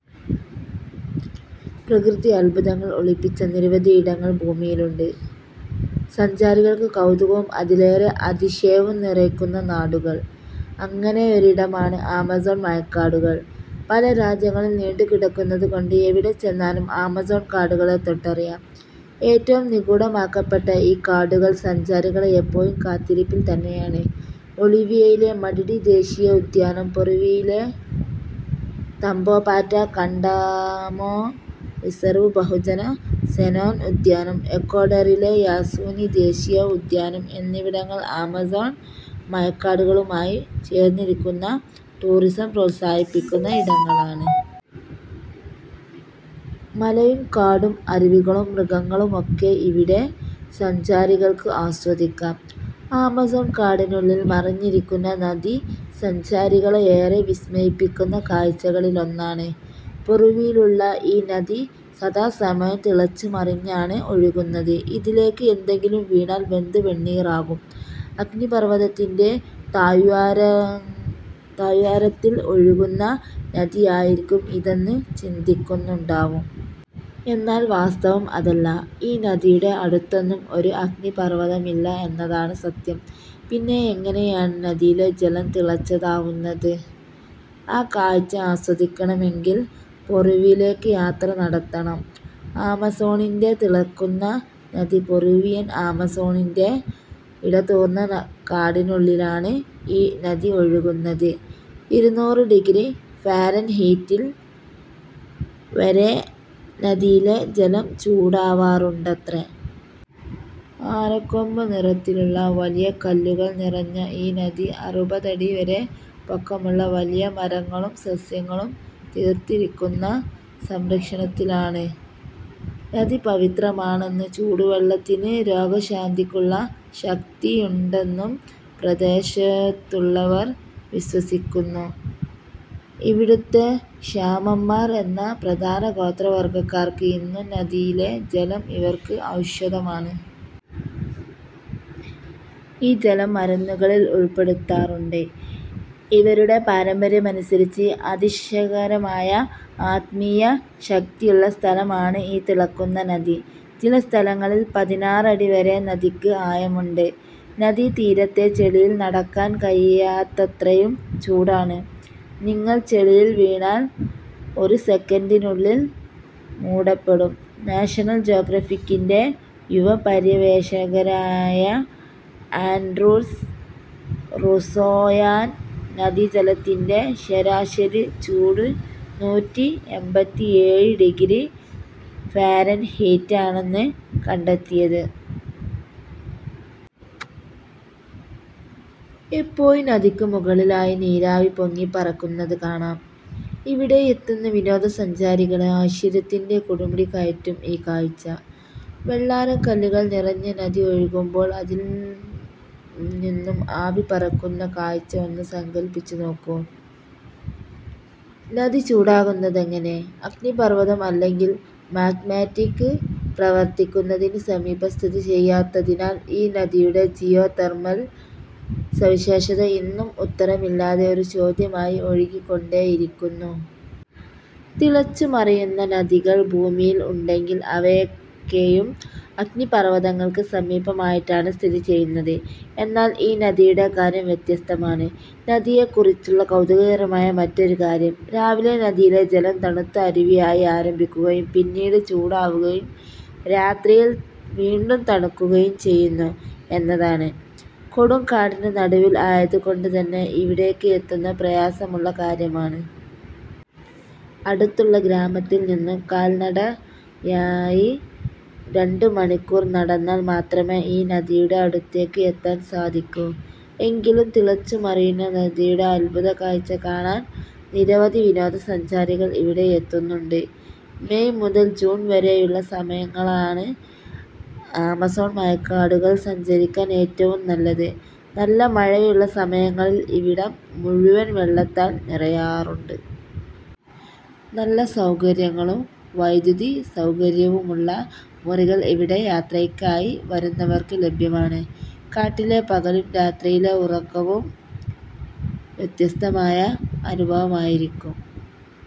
പ്രകൃതി അദ്ഭുതങ്ങൾ ഒളിപ്പിച്ച നിരവധിയിടങ്ങൾ ഭൂമിയിലുണ്ട്. സഞ്ചാരികൾക്ക് കൗതുകവും അതിലേറെ അതിശയവും നിറയ്ക്കുന്ന നാടുകൾ. അങ്ങനെയൊരിടമാണ് ആമസോൺ മഴക്കാടുകൾ. പല രാജ്യങ്ങളിൽ നീണ്ടു കിടക്കുന്നതു കൊണ്ട് എവിടെ ചെന്നാലും ആമസോൺ കാടുകളെ തൊട്ടറിയാം. ഏറ്റവും നിഗൂഢമാക്കപ്പെട്ട ഈ കാടുകൾ സഞ്ചാരികളെ ഇപ്പോഴും കാത്തിരിപ്പിൽ തന്നെയാണ്. ബൊളീവിയയിലെ മടിടി ദേശീയ ഉദ്യാനം, പെറുവിലെ Tambopata Candamo reserve, Bahuaja Sonene ഉദ്യാനം, എക്വഡോറിലെ യാസുനി ദേശീയ ഉദ്യാനം എന്നിവിടങ്ങൾ ആമസോൺ മഴക്കാടുകളുമായി ചേർന്നിരിക്കുന്ന ടൂറിസം പ്രോത്സാഹിപ്പിക്കുന്ന ഇടങ്ങളാണ്. മലയും കാടും, അരുവികളും മൃഗങ്ങളും ഒക്കെ ഇവിടെ സഞ്ചാരികൾക്ക് ആസ്വദിക്കാം. ആമസോൺ കാടിനുള്ളിൽ മറഞ്ഞിരിക്കുന്ന നദി സഞ്ചാരികളെ ഏറെ വിസ്മയിപ്പിക്കുന്ന കാഴ്ചകളിലൊന്നാണ്. പെറുവിലുള്ള ഈ നദി സദാസമയവും തിളച്ചു മറിഞ്ഞാണ് ഒഴുകുന്നത്. ഇതിലേക്ക് എന്തെങ്കിലും വീണാൽ വെന്തു വെണ്ണീറാകും. അഗ്നിപർവതത്തിന്റെ തഴ്വാര താഴ്വാരത്തിൽ ഒഴുകുന്ന നദി ആയിരിക്കും ഇതെന്ന് ചിന്തിക്കുന്നുണ്ടാവും. എന്നാൽ വാസ്തവം അതല്ല, ഈ നദിയുടെ അടുത്തൊന്നും ഒരു അഗ്നിപർവതമില്ല എന്നതാണ് സത്യം. പിന്നെയെങ്ങനെയാണ് നദിയിലെ ജലം തിളച്ചതാവുന്നത്? ആ കാഴ്ച ആസ്വദിക്കണമെങ്കിൽ പെറുവിലേക്ക് യാത്ര നടത്തണം. ആമസോണിന്റെ തിളക്കുന്ന നദി പെറുവിയൻ ആമസോണിന്റെ ഇടതൂർന്നകാടിനുള്ളിലാണ് ഈ നദി ഒഴുകുന്നത്. ഇരുനൂറ് ഡിഗ്രി ഫാരൻഹീറ്റിൽ വരെ നദിയിലെ ജലം ചൂടാവാറുണ്ടത്രേ. ആനക്കൊമ്പ് നിറത്തിലുള്ള വലിയ കല്ലുകൾ നിറഞ്ഞ ഈ നദി അറുപത് അടി വരെ പൊക്കമുള്ള വലിയ മരങ്ങളും സസ്യങ്ങളും തീർത്തിരിക്കുന്ന സംരക്ഷണത്തിലാണ്. നദി പവിത്രമാണെന്നും ചൂടുവെള്ളത്തിന് രോഗശാന്തിക്കുള്ള ശക്തിയുണ്ടെന്നും പ്രദേശത്തുള്ളവർ വിശ്വസിക്കുന്നു. ഇവിടുത്തെ ഷാമന്മാർ എന്ന പ്രധാന ഗോത്രവർഗ്ഗക്കാർക്ക് ഇന്നും നദിയിലെ ജലം ഇവർക്ക് ഔഷധമാണ്. ഈ ജലം മരുന്നുകളിൽ ഉൾപ്പെടുത്താറുണ്ട്. ഇവരുടെ പാരമ്പര്യമനുസരിച്ച്, അതിശയകരമായ ആത്മീയ ശക്തിയുള്ള സ്ഥലമാണ് ഈ തിളക്കുന്ന നദി. ചില സ്ഥലങ്ങളിൽ പതിനാറ് അടി വരെ നദിക്ക് ആഴമുണ്ട്. നദീതീരത്തെ ചെളിയിൽ നടക്കാൻ കഴിയാത്തത്രയും ചൂടാണ്. നിങ്ങൾ ചെളിയിൽ വീണാൽ ഒരു സെക്കൻഡിനുള്ളിൽ മൂടപ്പെടും. നാഷണൽ ജോഗ്രഫിക്കിന്റെ യുവ പര്യവേഷകനായ ആൻഡ്രൂസ് റൂസോയാണ് നദി ജലത്തിന്റെ ശരാശരി ചൂട് നൂറ്റിഎമ്പത്തിയേഴ് ഡിഗ്രി ഫാരൻഹീറ്റ് ആണെന്ന് കണ്ടെത്തിയത്. എപ്പോഴും നദിക്കു മുകളിലായി നീരാവി പൊങ്ങി പറക്കുന്നത് കാണാം. ഇവിടെ എത്തുന്ന വിനോദസഞ്ചാരികളെ ആശ്ചര്യത്തിന്റെ കൊടുമുടി കയറ്റും ഈ കാഴ്ച. വെള്ളാരം കല്ലുകൾ നിറഞ്ഞ നദി ഒഴുകുമ്പോൾ അതിൽ നിന്നും ആവിപറക്കുന്ന കാഴ്ച ഒന്ന് സങ്കൽപ്പിച്ചു നോക്കൂ. നദി ചൂടാകുന്നതെങ്ങനെ. അഗ്നിപർവ്വതം അല്ലെങ്കിൽ മാഗ്മാറ്റിക് പ്രവർതിക്കുന്നതിന് സമീപം സ്ഥിതിചെയ്യാത്തതിനാൽ ഈ നദിയുടെ ജിയോതെർമൽ സവിശേഷത ഇന്നും ഉത്തരമില്ലാത്ത ഒരു ചോദ്യമായി ഒഴുകിക്കൊണ്ടേയിരിക്കുന്നു. തിളച്ചുമറിയുന്ന നദികൾ ഭൂമിയിൽ ഉണ്ടെങ്കിലും അവയൊക്കെയും അഗ്നിപർവ്വതങ്ങൾക്ക് സമീപമായിട്ടാണ് സ്ഥിതി ചെയ്യുന്നത്. എന്നാൽ ഈ നദിയുടെ കാര്യം വ്യത്യസ്തമാണ്. നദിയെക്കുറിച്ചുള്ള കൗതുകകരമായ മറ്റൊരു കാര്യം, രാവിലെ നദിയിലെ ജലം തണുത്ത അരുവിയായി ആരംഭിക്കുകയും പിന്നീട് ചൂടാവുകയും രാത്രിയിൽ വീണ്ടും തണുക്കുകയും ചെയ്യുന്നു എന്നതാണ്. കൊടും കാടിന് നടുവിൽ ആയതുകൊണ്ടുതന്നെ ഇവിടേക്ക് എത്തുക പ്രയാസമുള്ള കാര്യമാണ്. അടുത്തുള്ള ഗ്രാമത്തിൽ നിന്നും കാൽനടയായി രണ്ടുമണിക്കൂർ നടന്നാൽ മാത്രമേ ഈ നദിയുടെ അടുത്തേക്ക് എത്താൻ സാധിക്കൂ. എങ്കിലും തിളച്ചുമറിയുന്ന നദിയുടെ അദ്ഭുത കാഴ്ച കാണാൻ നിരവധി വിനോദസഞ്ചാരികൾ ഇവിടെ എത്തുന്നുണ്ട്. മെയ് മുതൽ ജൂൺ വരെയുള്ള സമയങ്ങളാണ് ആമസോൺ മഴക്കാടുകൾ സഞ്ചരിക്കാൻ ഏറ്റവും നല്ലത്. നല്ല മഴയുള്ള സമയങ്ങളിൽ ഇവിടം മുഴുവൻ വെള്ളത്താൽ നിറയാറുണ്ട്. നല്ല സൗകര്യങ്ങളും വൈദ്യുതി സൗകര്യവുമുള്ള മുറികൾ ഇവിടെ യാത്രയ്ക്കായി വരുന്നവർക്ക് ലഭ്യമാണ്. കാട്ടിലെ പകൽ രാത്രിയിലെ ഉറക്കവും വ്യത്യസ്തമായ അനുഭവമായിരിക്കും.